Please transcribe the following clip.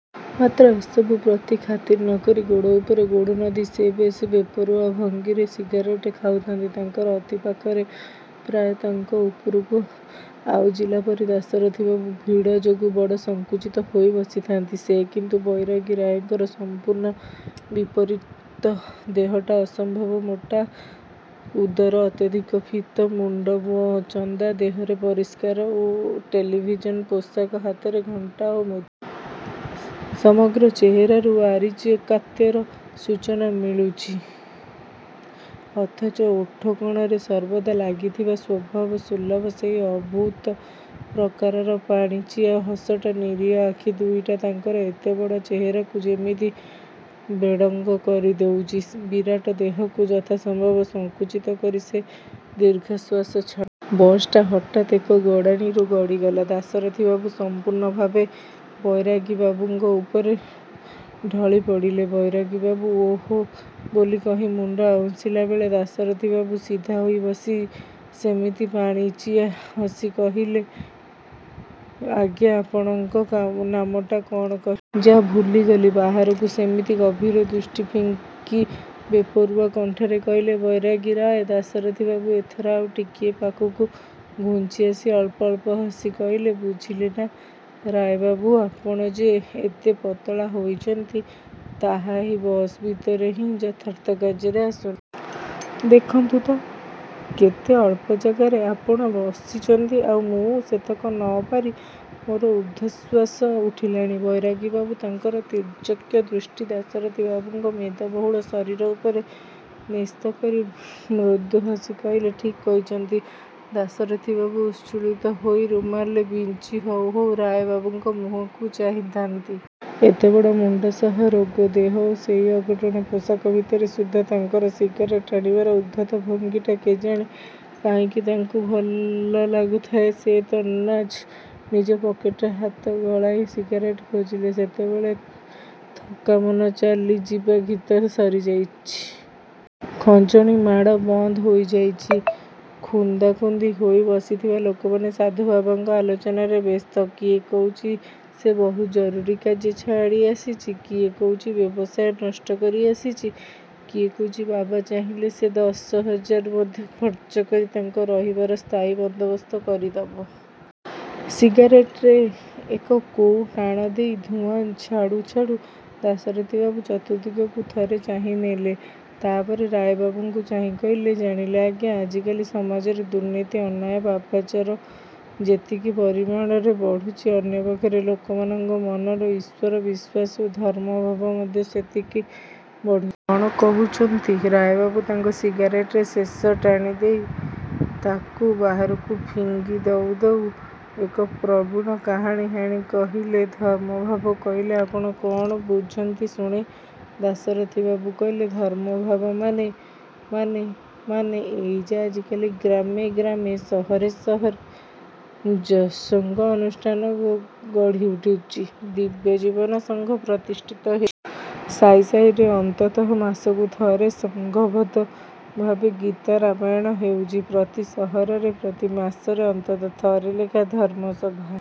ମାତ୍ର ଏସବୁ ପ୍ରତି ଖାତିର ନକରି ଗୋଡ଼ ଉପରେ ଗୋଡ଼ ନଦି ସେ ବେଶ୍ ବେପରୁଆ ଭଙ୍ଗୀରେ ସିଗାରେଟ ଖାଉଥା'ନ୍ତି। ତାଙ୍କର ଅତି ପାଖରେ ପ୍ରାୟ ତାଙ୍କ ଉପରକୁ ଆଉଜିଲା ପରି, ଦାଶରଥିବାବୁ ଭିଡ଼ ଯୋଗୁଁ ବଡ଼ ସଙ୍କୁଚିତ ହୋଇ ବସିଥା'ନ୍ତି। ସେ କିନ୍ତୁ ବୈରାଗୀ ରାୟଙ୍କର ସମ୍ପୂର୍ଣ୍ଣ ବିପରୀତ ଦେହଟା ଅସମ୍ଭବ ମୋଟା, ଉଦର ଅତ୍ୟଧିକ ଫୀତ, ମୁଣ୍ଡ ଚନ୍ଦା, ଦେହରେ ପରିଷ୍କାର ଟେରିଲିନ ପୋଷାକ, ହାତରେ ଘଣ୍ଟା ଓ ମୁଦି। ସମଗ୍ର ଚେହେରାରୁ ଆଭିଜାତ୍ୟର ସୂଚନା ମିଳୁଛି। ଅଥଚ ଓଠ କଣରେ ସର୍ବଦା ଲାଗିଥିବା ସ୍ଵଭାବ ସୁଲଭ ସେହି ଅଦ୍ଭୁତ ପ୍ରକାରର ପାଣିଚିଆ ହସଟା, ନିରୀହ ଆଖି ଦୁଇଟା ତାଙ୍କର ଏତେବଡ଼ ଚେହେରାକୁ ଯେମିତି ବେଢ଼ଙ୍ଗ କରି ଦଉଚି। ବିରାଟ ଦେହକୁ ଯଥାସମ୍ଭବ ସଙ୍କୁଚିତ କରି ସେ ଦୀର୍ଘଶ୍ୱାସ ଛାଡ଼ୁଥା'ନ୍ତି। ବସଟା ହଠାତ୍ ଏକ ଗଡ଼ାଣିରୁ ଗଡ଼ିଗଲା। ଦାଶରଥିବାବୁ ସମ୍ପୂର୍ଣ୍ଣ ଭାବେ ବୈରାଗୀବାବୁଙ୍କ ଉପରେ ଢଳି ପଡ଼ିଲେ। ବୈରାଗୀବାବୁ "ଓଃ, ହୋ" ବୋଲି କହି ମୁଣ୍ଡ ଆଉଁସିଲା ବେଳେ, ଦାଶରଥିବାବୁ ସିଧା ହୋଇ ବସି ସେମିତି ପାଣିଚିଆ ହସି କହିଲେ, "ଆଜ୍ଞା, ଆପଣଙ୍କ ନାମଟା କଣ କହିଲେ? ଯାଃ, ଭୁଲିଗଲି।" ବାହାରକୁ ସେମିତି ଗଭୀର ଦୃଷ୍ଟି ଫିଙ୍ଗି, ବେପରୁଆ କଣ୍ଠରେ କହିଲେ, "ବୈରାଗୀ ରାୟ।"ଦାଶରଥିବାବୁ ଏଥର ଆଉ ଟିକିଏ ପାଖକୁ ଘୁଞ୍ଚିଆସି, ଅଳ୍ପ ଅଳ୍ପ ହସି କହିଲେ, "ବୁଝିଲେ ନା ରାୟବାବୁ, ଆପଣ ଯେ ଏତେ ପତଳା ହୋଇଚନ୍ତି, ତାହା ଏହି ବସ ଭିତରେ ହିଁ ଯଥାର୍ଥ କାର୍ଯ୍ୟରେ ଆସୁଚି। ଦେଖନ୍ତୁ ତ, କେତେ ଅଳ୍ପ ଜାଗାରେ ଆପଣ ବସିଚନ୍ତି, ଆଉ ମୁଁ ସେତକ ନପାରି, ମୋର ଊର୍ଦ୍ଧ୍ଵଶ୍ଵାସ ଉଠିଲାଣି।" ବୈରାଗୀବାବୁ ତାଙ୍କର ତୀର୍ଯ୍ୟକ ଦୃଷ୍ଟି, ଦାଶରଥିବାବୁଙ୍କ ମେଦବହୁଳ ଶରୀର ଉପରେ ନ୍ୟସ୍ତ କରି, ମୃଦୁ ହସି କହିଲେ, "ଠିକ୍ କହିଛନ୍ତି।" ଦାଶରଥିବାବୁ ଉତ୍ସୁକିତ ହୋଇ, ରୁମାଲରେ ବିଞ୍ଚି ହଉ ହଉ ରାୟବାବୁଙ୍କ ମୁହଁକୁ ଚାହିଁଥା'ନ୍ତି। ଏତେବଡ଼ ମୁଣ୍ଡ ସହ ରୋଗା ଦେହ ଓ ସେହି ଅଘଟଣ ପୋଷାକ ଭିତରେ ସୁଦ୍ଧା, ତାଙ୍କର ସିଗାରେଟ ଟାଣିବାର ଉଦ୍ଧତ ଭଙ୍ଗୀଟା କେଜାଣି କାହିଁକି ତାଙ୍କୁ ଭଲ ଲାଗୁଥାଏ। ସେ ତତ୍କ୍ଷଣାତ୍ ନିଜ ପକେଟରେ ହାତ ଗଳାଇ ସିଗାରେଟ ଖୋଜିଲେ। ସେତେବେଳେ 'ଥକା ମନ ଚାଲି ଯିବା' ଗୀତ ସରିଯାଇଚି। ଖଞ୍ଜଣି ମାଡ଼ ବନ୍ଦ ହୋଇ ଯାଇଚି। ଖୁନ୍ଦାଖୁନ୍ଦି ହୋଇ ବସିଥିବା ଲୋକମାନେ ସାଧୁବାବାଙ୍କ ଆଲୋଚନାରେ ବ୍ୟସ୍ତ। କିଏ କହୁଚି ସେ ବହୁତ ଜରୁରୀ କାର୍ଯ୍ୟ ଛାଡ଼ି ଆସିଚି, କିଏ କହୁଚି ବ୍ୟବସାୟ ନଷ୍ଟ କରି ଆସିଚି, କିଏ କହୁଚି, ବାବା ଚାହିଁଲେ ସେ ଦଶହଜାର ମଧ୍ୟ ଖର୍ଚ୍ଚ କରି ତାଙ୍କ ରହିବାର ସ୍ଥାୟୀ ବନ୍ଦୋବସ୍ତ କରି ଦବ। ସିଗାରେଟରେ ଏକ ଜୋର ଟାଣ ଦେଇ ଧୂଆଁ ଛାଡ଼ୁ ଛାଡ଼ୁ, ଦାଶରଥିବାବୁ ଚତୁର୍ଦ୍ଦିଗକୁ ଥରେ ଚାହିଁନେଲେ, ତା' ପରେ ରାୟବାବୁଙ୍କୁ ଚାହିଁ କହିଲେ, "ଜାଣିଲେ ଆଜ୍ଞା, ଆଜିକାଲି ସମାଜରେ ଦୁର୍ନୀତି, ଅନ୍ୟାୟ, ପାପାଚାର ଯେତିକି ପରିମାଣରେ ବଢ଼ୁଚି, ଅନ୍ୟପକ୍ଷରେ ଲୋକମାନଙ୍କ ମନର ଈଶ୍ୱର ବିଶ୍ୱାସ ଓ ଧର୍ମଭାବ ମଧ୍ୟ ସେତିକି ବଢ଼ୁ କ'ଣ କହୁଚନ୍ତି?" ରାୟବାବୁ ତାଙ୍କ ସିଗାରେଟରେ ଶେଷ ଟାଣି ଦେଇ, ତାକୁ ବାହାରକୁ ଫିଙ୍ଗି ଦଉ ଦଉ ଏକ ପ୍ରବୀଣ ଚାହାଣୀ ହାଣି କହିଲେ, "ଧର୍ମଭାବ କହିଲେ ଆପଣ କ'ଣ ବୁଝନ୍ତି ଶୁଣେ?" ଦାଶରଥିବାବୁ କହିଲେ, "ଧର୍ମଭାବ ମାନେ, ମାନେ, ମାନେ ଏଇଯେ ଆଜିକାଲି ଗ୍ରାମେ ଗ୍ରାମେ ସହରେ ସହରେ ସତ୍ସଙ୍ଗ ଅନୁଷ୍ଠାନ ଗଢ଼ି ଉଠୁଚି, ଦିବ୍ୟଜୀବନ ସଂଘ ପ୍ରତିଷ୍ଠିତ ହେଉଛି। ସାହି ସାହିରେ ଅନ୍ତତଃ ମାସକୁ ଥରେ ସଂଘବଦ୍ଧ ଭାବେ ଗୀତା-ରାମାୟଣ ହେଉଛି। ପ୍ରତି ସହରରେ, ପ୍ରତି ମାସରେ ଅନ୍ତତଃ ଥରେ ଲେଖାଁ ଧର୍ମ ସଭା"